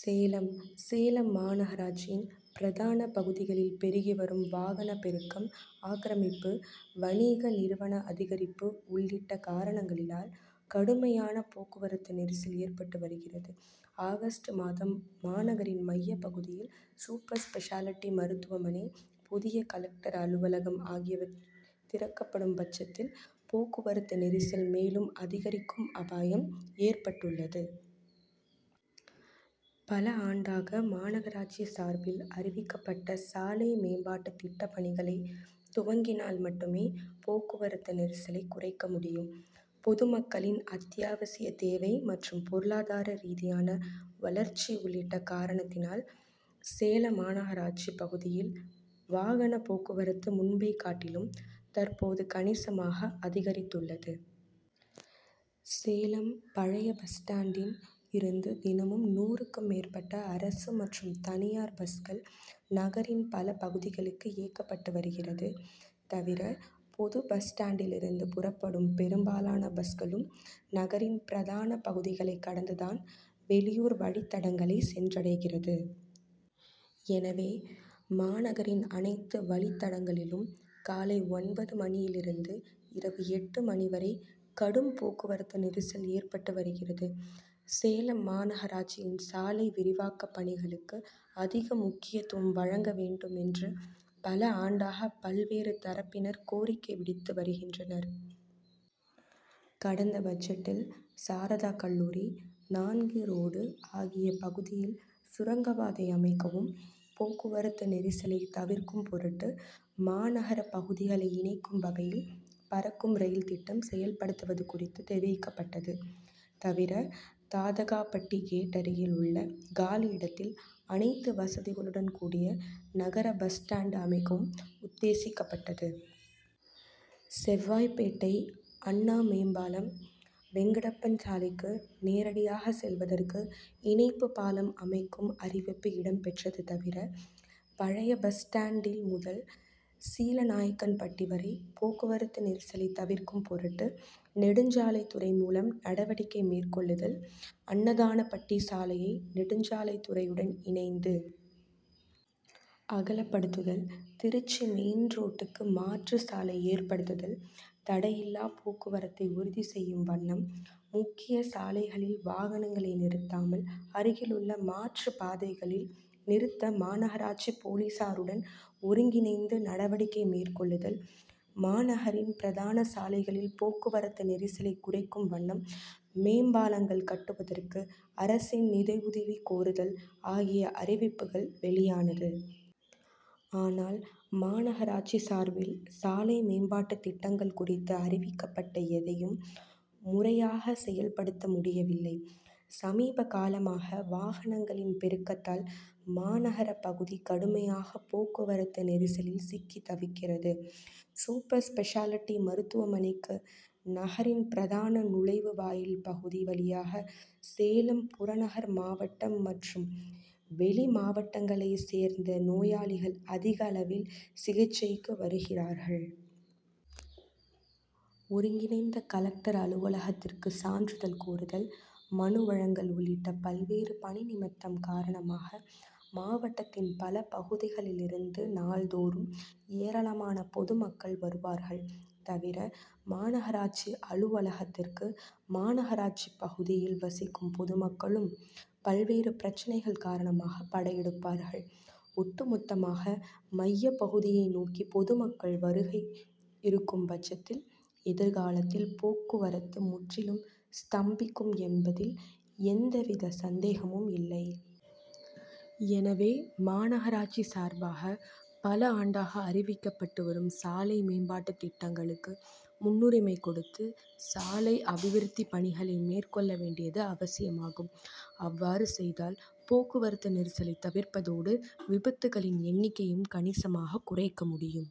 சேலம் சேலம் மாநகராட்சியின் பிரதான பகுதிகளில் பெருகி வரும் வாகன பெருக்கம், ஆக்கிரமிப்பு, வணிக நிறுவனங்கள் அதிகரிப்பு உள்ளிட்ட காரணங்களால் கடுமையான போக்குவரத்து நெரிசல் ஏற்பட்டு வருகிறது. ஆகஸ்ட் மாதம் மாநகரின் மைய பகுதியில் சூப்பர் ஸ்பெஷாலிட்டி மருத்துவமனை, புதிய கலெக்டர் அலுவலகம் ஆகியவை திறக்கப்படும் பட்சத்தில் போக்குவரத்து நெரிசல் மேலும் அதிகரிக்கும் அபாயம் ஏற்பட்டுள்ளது. பல ஆண்டாக மாநகராட்சி சார்பில் அறிவிக்கப்பட்ட சாலை மேம்பாட்டு திட்டப்பணிகளை துவக்கினால் மட்டுமே போக்குவரத்து நெரிசலை குறைக்க முடியும். பொதுமக்களின் அத்தியாவசிய தேவை மற்றும் பொருளாதார ரீதியான வளர்ச்சி உள்ளிட்ட காரணத்தால் சேலம் மாநகர பகுதியில் வாகன போக்குவரத்து முன்பை காட்டிலும் தற்போது கணிசமாக அதிகரித்துள்ளது. சேலம் பழைய பஸ் ஸ்டாண்டில் இருந்து தினமும் நூறு க்கும் மேற்பட்ட அரசு மற்றும் தனியார் பஸ்கள் நகரின் பல பகுதிக்கு இயக்கப்பட்டு வருகிறது. தவிர, புது பஸ் ஸ்டாண்டில் இருந்து புறப்படும் பெரும்பாலான பஸ்களும் நகரின் பிரதான பகுதிகளை கடந்து தான் வெளியூர் வழித்தடங்களை சென்றடைகிறது. எனவே, மாநகரின் அனைத்த வழித்தடங்களிலும் காலை ஒன்பது மணியில் இருந்து இரவு எட்டு மணி வரை கடும் போக்குவரத்து நெரிசல் ஏற்பட்டு வருகிறது. சேலம் மாநகராட்சியில் சாலை விரிவாக்க பணிகளுக்கு அதிக முக்கியத்துவம் வழங்க வேண்டும் என்று பல ஆண்டாக பல்வேறு தரப்பினர் கோரிக்கை விடுத்து வருகின்றனர். கடந்த பட்ஜெட்டில் சாரதா கல்லூரி, நான்கு ரோடு ஆகிய பகுதியில் சுரங்கப்பாதை அமைக்கவும், போக்குவரத்து நெரிசலை தவிர்க்கும் பொருட்டு மாநகர பகுதிகளை இணைக்கும் வகையில் பறக்கும் ரயில் திட்டம் செயல்படுத்துவது குறித்து தெரிவிக்கப்பட்டது. தவிர, தாதகாப்பட்டி கேட் அருகில் உள்ள காலி இடத்தில் அனைத்து வசதிகளுடன் கூடிய நகர பஸ் ஸ்டாண்ட் அமைக்கவும் உத்தேசிக்கப்பட்டது. செவ்வாய்ப்பேட்டை அண்ணா மேம்பாலம்-வெங்கடப்பன் சாலைக்கு நேரடியாக செல்வதற்கு இணைப்பு பாலம் அமைக்கும் அறிவிப்பு இடம் பெற்றது. தவிர, பழைய பஸ் ஸ்டாண்டில் முதல் சீலநாயக்கன்பட்டி வரை போக்குவரத்து நெரிசலை தவிர்க்கும் பொருட்டு நெடுஞ்சாலை துறை மூலம் நடவடிக்கை மேற்கொள்ளுதல், அன்னதானப்பட்டி சாலையை நெடுஞ்சாலை துறையுடன் இணைந்து அகலப்படுத்துல், திருச்சி மெயின் ரோட்டுக்கு மாற்று சாலை ஏற்படுத்துதல், தடையில்லா போக்குவரத்தை உறுதி செய்யும் வண்ணம் முக்கிய சாலைகளில் வாகனங்களை நிறுத்தாமல் அருகில் உள்ள மாற்று பாதைகளில் நிறுத்த மாநகர போலீஸாருடன் ஒருங்கிணைந்து நடவடிக்கை மேற்கொள்ளுதல், மாநகரின் பிரதான சாலைகளில் போக்குவரத்து நெரிசலை குறைக்கும் வண்ணம் மேம்பாலங்கள் கட்டுவதற்கு அரசின் நிதியுதவி கோருதல் ஆகிய அறிவிப்புகள் வெளியானது. ஆனால், மாநகராட்சி சார்பில் சாலை மேம்பாட்டு திட்டங்கள் குறித்து அறிவிக்கப்பட்ட எதையும் முறையாக செயல்படுத்த முடியவில்லை. சமீபகாலமாக வாகனங்களின் பெருக்கத்தால் மாநகர பகுதி கடுமையான போக்குவரத்து நெரிசலில் சிக்கி தவிக்கிறது. சூப்பர் ஸ்பெஷாலிட்டி மருத்துவனைக்கு நகரின் பிரதான நுழைவு வாயில் பகுதி வழியாக சேலம் புறநகர் மாவட்டம் மற்றும் வெளி மாவட்டங்களை சேர்ந்த நோயாளிகள் அதிகளவில் சிகிச்சைக்காக வருவார்கள். ஒருங்கிணைந்த கலெக்டர் அலுவலகத்துக்கு சான்றிதழ் கோருதல், மனு வழங்கல் உள்ளிட்ட பல்வேறு பணி நிமித்தம் காரணமாக, மாவட்டத்தின் பல பகுதிகளில் இருந்து நாள்தோறும் ஏராளமான பொதுமக்கள் வருவார்கள். தவிர, மாநகராட்சி அலுவலகத்துக்கு மாநகர பகுதியில் வசிக்கும் பொதுமக்களும் பல்வேறு பிரச்னைகள் காரணமாக படையெடுப்பார்கள். ஒட்டு மொத்தமாக மைய பகுதியை நோக்கி பொதுமக்கள் வருகை இருக்கும் பட்சத்தில் எதிர்காலத்தில் போக்குவரத்து முற்றிலும் ஸ்தம்பிக்கும் என்பதில் எந்தவித சந்தேகமும் இல்லை. எனவே, மாநகராட்சி சார்பாக பல ஆண்டாக அறிவிக்கப்பட்டு வரும் சாலை மேம்பாட்டு திட்டங்களுக்கு முன்னுரிமை கொடுத்து, சாலை அபிவிருத்தி பணிகளை மேற்கொள்ள வேண்டியது அவசியமாகும். அவ்வாறு செய்தால் போக்குவரத்து நெரிசலை தவிர்ப்பதோடு, விபத்துக்களின் எண்ணிக்கையையும் கணிசமாக குறைக்க முடியும்.